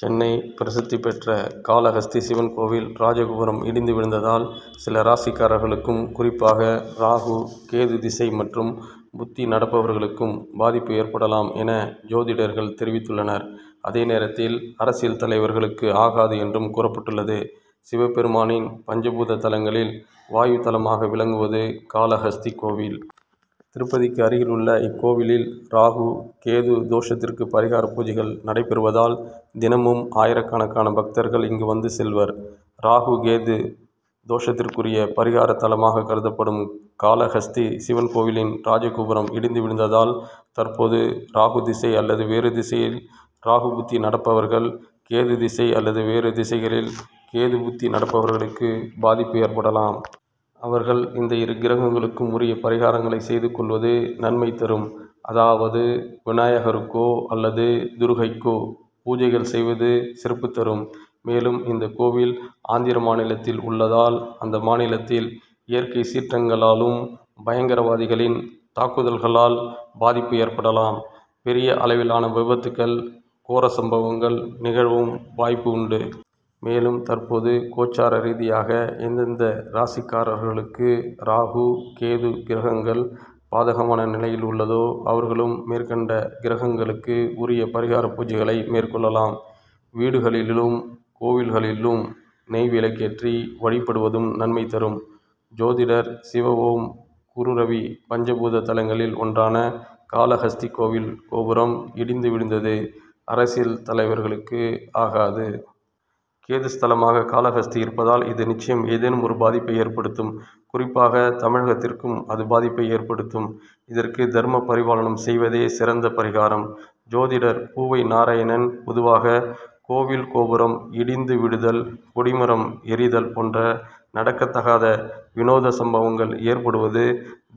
சென்னை பிரசித்தி பெற்ற காளஹஸ்தி சிவன் கோவில் ராஜகோபுரம் இடிந்து விழுந்ததால், சில ராசிக்காரர்களுக்கும், குறிப்பாக, ராகு, கேது திசை மற்றும் புத்தி நடப்பவர்களுக்கும் பாதிப்பு ஏற்படலாம் என, ஜோதிடர்கள் தெரிவித்துள்ளனர். அதே நேரத்தில், அரசியல் தலைவர்களுக்கு ஆகாது என்றும் கூறப்பட்டுள்ளது. சிவபெருமானின் பஞ்சபூத தலங்களில், வாயு தலமாக விளங்குவது காளஹஸ்தி கோவில். திருப்பதிக்கு அருகில் உள்ள இக்கோவிலில் ராகு, கேது தோஷத்திற்கு பரிகார பூஜைகள் நடைபெறுவதால், தினமும் ஆயிரக்கணக்கான பக்தர்கள் இங்கு வந்து செல்வர். ராகு, கேது தோஷத்திற்குரிய பரிகார தலமாக கருதப்படும் காளஹஸ்தி சிவன் கோவிலின் ராஜகோபுரம் இடிந்து விழுந்ததால், தற்போது ராகு திசை அல்லது வேறு திசையில் ராகு புத்தி நடப்பவர்கள், கேது திசை அல்லது வேறு திசைகளில் கேது புத்தி நடப்பவர்களுக்கு பாதிப்பு ஏற்படலாம். அவர்கள் இந்த இரு கிரகங்களுக்கும் உரிய பரிகாரங்களை செய்து கொள்வது நன்மை தரும். அதாவது, விநாயகருக்கோ அல்லது துர்கைக்கோ பூஜைகள் செய்வது சிறப்பு தரும். மேலும், இந்தக் கோவில் ஆந்திர மாநிலத்தில் உள்ளதால், அந்த மாநிலத்தில் இயற்கை சீற்றங்களாலும், பயங்கரவாதிகளின் தாக்குதல்களால் பாதிப்பு ஏற்படலாம். பெரிய அளவிலான விபத்துகள், கோர சம்பவங்கள் நிகழவும் வாய்ப்பு உண்டு. மேலும், தற்போது கோச்சார ரீதியாக, எந்தெந்த ராசிக்காரர்களுக்கு ராகு, கேது கிரகங்கள் பாதகமான நிலையில் உள்ளதோ, அவர்களும் மேற்கண்ட கிரகங்களுக்கு உரிய பரிகார பூஜைகளை மேற்கொள்ளலாம். வீடுகளிலும், கோவில்களிலும் நெய் விளக்கேற்றி வழிபடுவதும் நன்மை தரும். ஜோதிடர் சிவஓம்குருரவி பஞ்ச பூத தலங்களில் ஒன்றான காளஹஸ்தி கோவில் கோபுரம் இடிந்து விழுந்தது, அரசியல் தலைவர்களுக்கு ஆகாது. கேது ஸ்தலமாக காளஹஸ்தி இருப்பதால், இது நிச்சயம் ஏதேனும் ஒரு பாதிப்பை ஏற்படுத்தும். குறிப்பாக, தமிழகத்திற்கும் அது பாதிப்பை ஏற்படுத்தும். இதற்கு தர்ம பரிபாலனம் செய்வதே சிறந்த பரிகாரம். ஜோதிடர் பூவை நாராயணன் பொதுவாக கோவில் கோபுரம் இடிந்து விழுதல், கொடிமரம் எரிதல் போன்ற நடக்க தகாத, வினோத சம்பவங்கள் ஏற்படுவது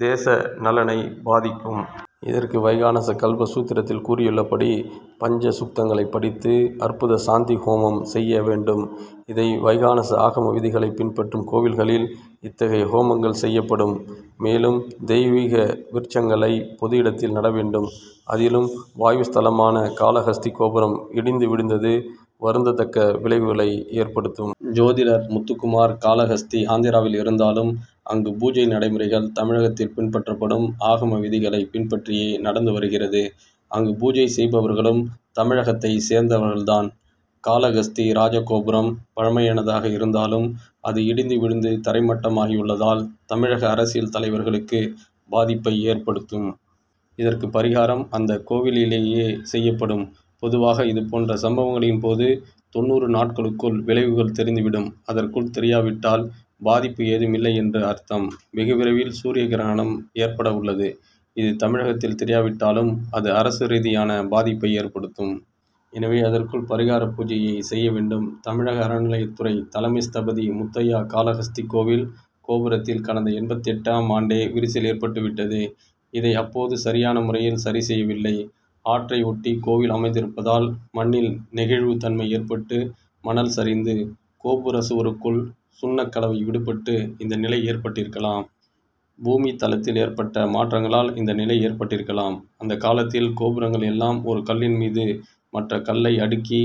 தேச நலனை பாதிக்கும். இதற்கு வைகானச கல்ப சூத்திரத்தில் கூறியுள்ளபடி பஞ்ச சுக்தங்களை படித்து, "அற்புத சாந்தி ஹோமம்' செய்ய வேண்டும். இதை வைகானச ஆகம விதிகளை பின்பற்றும் கோவில்களில் இத்தகைய ஹோமங்கள் செய்யப்படும். மேலும், தெய்வீக விருட்சங்களை பொது இடத்தில் நட வேண்டும். அதிலும், வாயு ஸ்தலமான காளஹஸ்தி கோபுரம் இடிந்து விழுந்தது வருந்தத்தக்க விளைவுகளை ஏற்படுத்தும். ஜோதிடர் முத்துகுமார் காளஹஸ்தி ஆந்திராவில் இருந்தாலும், அங்கு பூஜை நடைமுறைகள் தமிழகத்தில் பின்பற்றப்படும் ஆகம விதிகளை பின்பற்றியே நடந்து வருகிறது. அங்கு பூஜை செய்பவர்களும் தமிழகத்தைச் சேர்ந்தவர்கள் தான். காளஹஸ்தி ராஜகோபுரம் பழமையானதாக இருந்தாலும், அது இடிந்து விழுந்து தரை மட்டமாகியுள்ளதால் தமிழக அரசியல் தலைவர்களுக்கு பாதிப்பை ஏற்படுத்தும். இதற்கு பரிகாரம் அந்த கோவிலிலேயே செய்யப்படும். பொதுவாக இது போன்ற சம்பவங்களின் போது தொண்ணூறு நாட்களுக்குள் விளைவுகள் தெரிந்து விடும். அதற்குள் தெரியாவிட்டால் பாதிப்பு ஏதும் இல்லை என்று அர்த்தம். வெகு விரைவில் சூரிய கிரகணம் ஏற்பட உள்ளது. இது தமிழகத்தில் தெரியாவிட்டாலும், அது அரசு ரீதியான பாதிப்பை ஏற்படுத்தும். எனவே, அதற்குள் பரிகார பூஜையை செய்ய வேண்டும். தமிழக அறநிலையத்துறை தலைமை ஸ்தபதி முத்தையா காளஹஸ்தி கோவில் கோபுரத்தில், கடந்த எண்பத்தெட்டாம் ஆண்டே விரிசல் ஏற்பட்டு விட்டது. இதை அப்போது சரியான முறையில் சரிசெய்யவில்லை. ஆற்றை ஒட்டி கோவில் அமைந்திருப்பதால், மண்ணில் நெகிழ்வு தன்மை ஏற்பட்டு, மணல் சரிந்து, கோபுர சுவர்களுக்குள் சுண்ணக் கலவை விடுபட்டு இந்த நிலை ஏற்பட்டிருக்கலாம். பூமி தளத்தில் ஏற்பட்ட மாற்றங் களால் இந்தநிலை ஏற்பட்டிருக்கலாம். அந்த காலத்தில் கோபுரங்கள் எல்லாம் ஒரு கல்லின் மீது மற்ற கல்லை அடுக்கி